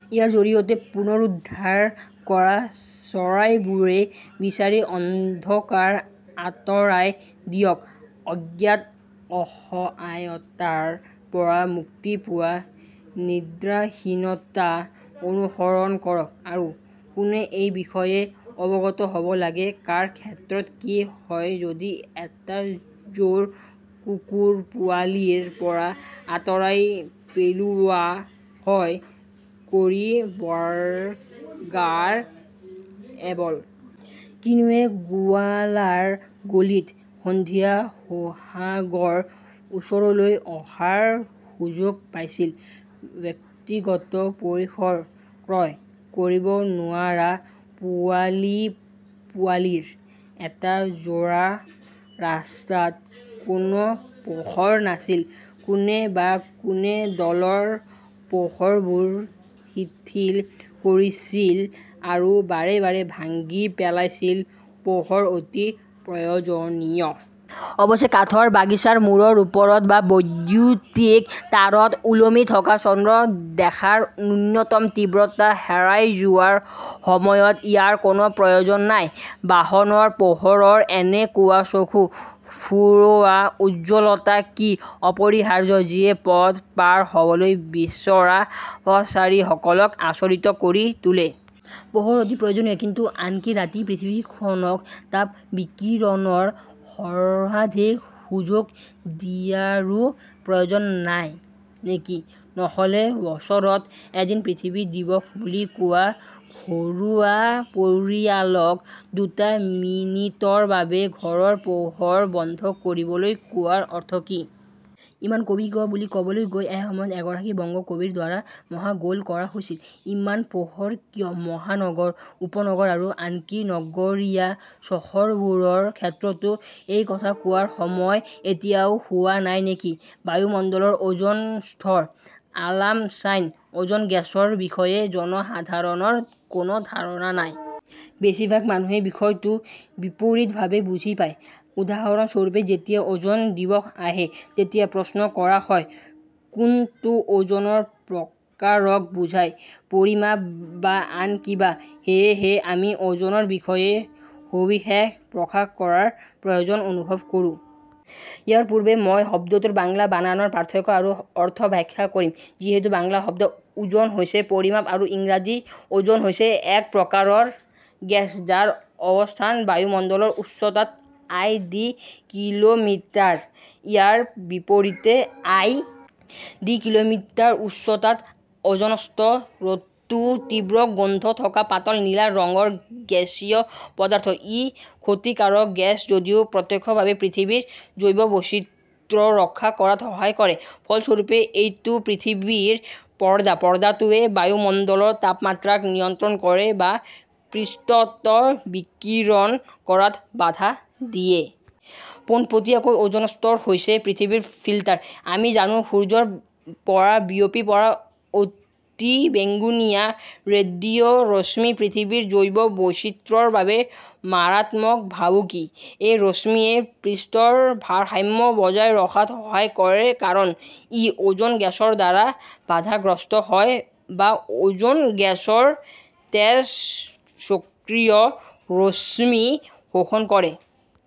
ইয়াৰ জৰিয়তে পুনৰুদ্ধাৰ কৰা চৰাইবোৰে বিচৰা অন্ধকাৰ আঁতৰাই দিয়ক, অজ্ঞাত অসহায়তাৰ পৰা মুক্তি পোৱা নিদ্ৰাহীনতা অনুসৰণ কৰক, আৰু কোনে এই বিষয়ে অৱগত হ 'ব লাগে! কাৰ ক্ষেত্ৰত কি হয়, যদি এটা যোৰ কুকুৰ-পোৱালিৰ পৰা আঁতৰাই পেলোৱা হয়, কৰি-বৰ্গাৰ এবল! কিনুৱে গোৱালাৰ গলিত সন্ধিয়া-সোহাগৰ ওচৰলৈ অহাৰ সুযোগ পাইছিল, ব্যক্তিগত পৰিসৰ ক্ৰয় কৰিব নোৱাৰা পোৱালি-পোৱালিৰ এটা যোৰা, ৰাস্তাত কোনো পোহৰ নাছিল, কোনে বা কোনে দলৰ পোহৰবোৰ শিথিল কৰিছিল আৰু বাৰে বাৰে ভাঙি পেলাইছিল। পোহৰ অতি প্ৰয়োজনীয়। অৱশ্যে, কাঠৰ বাগিচাৰ মূৰৰ ওপৰত বা বৈদ্যুতিক তাঁৰত ওলমি থকা চন্দ্ৰ দেখাৰ ন্যূনতম তীব্ৰতা হেৰাই যোৱাৰ সময়ত ইয়াৰ কোনো প্ৰয়োজন নাই। বাহনৰ পোহৰৰ এনেকুৱা চকু ফুৰোৱা উজ্জ্বলতা কি অপৰিহাৰ্য, যিয়ে পথ পাৰ হ'বলৈ বিচৰা পথচাৰীসকলক আচৰিত কৰি তোলে? পোহৰ অতি প্ৰয়োজনীয়, কিন্তু আনকি ৰাতি পৃথিৱীখনক তাপ বিকিৰণৰ সৰ্বাধিক সুযোগ দিয়াৰো প্ৰয়োজন নাই নেকি? নহ'লে বছৰত এদিন 'পৃথিৱী দিৱস' বুলি কোৱা ঘৰুৱা পৰিয়ালক দুটা মিনিটৰ বাবে ঘৰৰ পোহৰ বন্ধ কৰিবলৈ কোৱাৰ অৰ্থ কি? 'ইমান কবি কিয়' বুলি ক'বলৈ গৈ এসময়ত এগৰাকী বঙ্গ কবিৰ দ্বাৰা মহা গোল কৰা হৈছিল। ইমান পোহৰ কিয়-মহানগৰ, উপনগৰ আৰু আনকি নগৰীয়া চহৰবোৰৰ ক্ষেত্ৰতো এই কথা কোৱাৰ সময় এতিয়াও হোৱা নাই নেকি? বায়ুমণ্ডলৰ অ'জন স্তৰ আলাম শ্বাইন অ'জন গেছৰ বিষয়ে জনসাধাৰণৰ কোনো ধাৰণা নাই। বেছিভাগ মানুহে বিষয়টো বিপৰীতভাৱে বুজি পায়। উদাহৰণস্বৰূপে, যেতিয়া অ'জন দিৱস আহে, তেতিয়া প্ৰশ্ন কৰা হয়, কোনটো অ'জনৰ প্ৰকাৰক বুজায়? পৰিমাপ বা আন কিবা! সেয়েহে আমি অ "জনৰ বিষয়ে সবিশেষ প্ৰকাশ কৰাৰ প্ৰয়োজন অনুভৱ কৰোঁ। ইয়াৰ পূৰ্বে, মই শব্দটোৰ বাংলা বানানৰ পাৰ্থক্য আৰু অৰ্থ ব্যাখ্যা কৰিম। যিহেতু বাংলা শব্দ 'ওজন' হৈছে পৰিমাপ আৰু ইংৰাজী অ'জন হৈছে এক প্ৰকাৰৰ গেছ, যাৰ অৱস্থান বায়ুমণ্ডলৰ উচ্চতাত আই. ডি. কিলোমিটাৰ, ইয়াৰ বিপৰীতে আই. ডি. কিলোমিটাৰ উচ্চতাত। অ'জনষ্ট" ৰটো তীব্ৰ গোন্ধ থকা পাতল নীলা ৰঙৰ গেছীয় পদাৰ্থ। ই ক্ষতিকাৰক গেছ যদিও প্ৰত্যক্ষভাৱে পৃথিৱীৰ জৈৱ বৈচিত্ৰ্য ৰক্ষা কৰাত সহায় কৰে। ফলস্বৰূপে, এইটো প্ৰকৃতিৰ পৰ্দা, পৰ্দাটোৱে বায়ুমণ্ডলৰ তাপমাত্ৰাক নিয়ন্ত্ৰণ কৰে বা পৃষ্ঠত বিকিৰণ কৰাত বাধা দিয়ে। পোনপটীয়াকৈ, অ'জন স্তৰ হৈছে পৃথিৱীৰ ফিল্টাৰ। আমি জানো, সূৰ্যৰ পৰা বিয়পি পৰা অতিবেঙুনীয়া ৰেডিঅ' ৰশ্মি পৃথিৱীৰ জৈৱ বৈচিত্ৰ্যৰ বাবে মাৰাত্মক ভাবুকি। এই ৰশ্মিয়ে পৃষ্ঠৰ ভাৰসাম্য বজাই ৰখাত সহায় কৰে কাৰণ ই অ'জন গেছৰ দ্বাৰা বাধাগ্ৰস্ত হয় বা অ'জন গেছৰ তেজস্ক্ৰিয় ৰশ্মি শোষণ কৰে।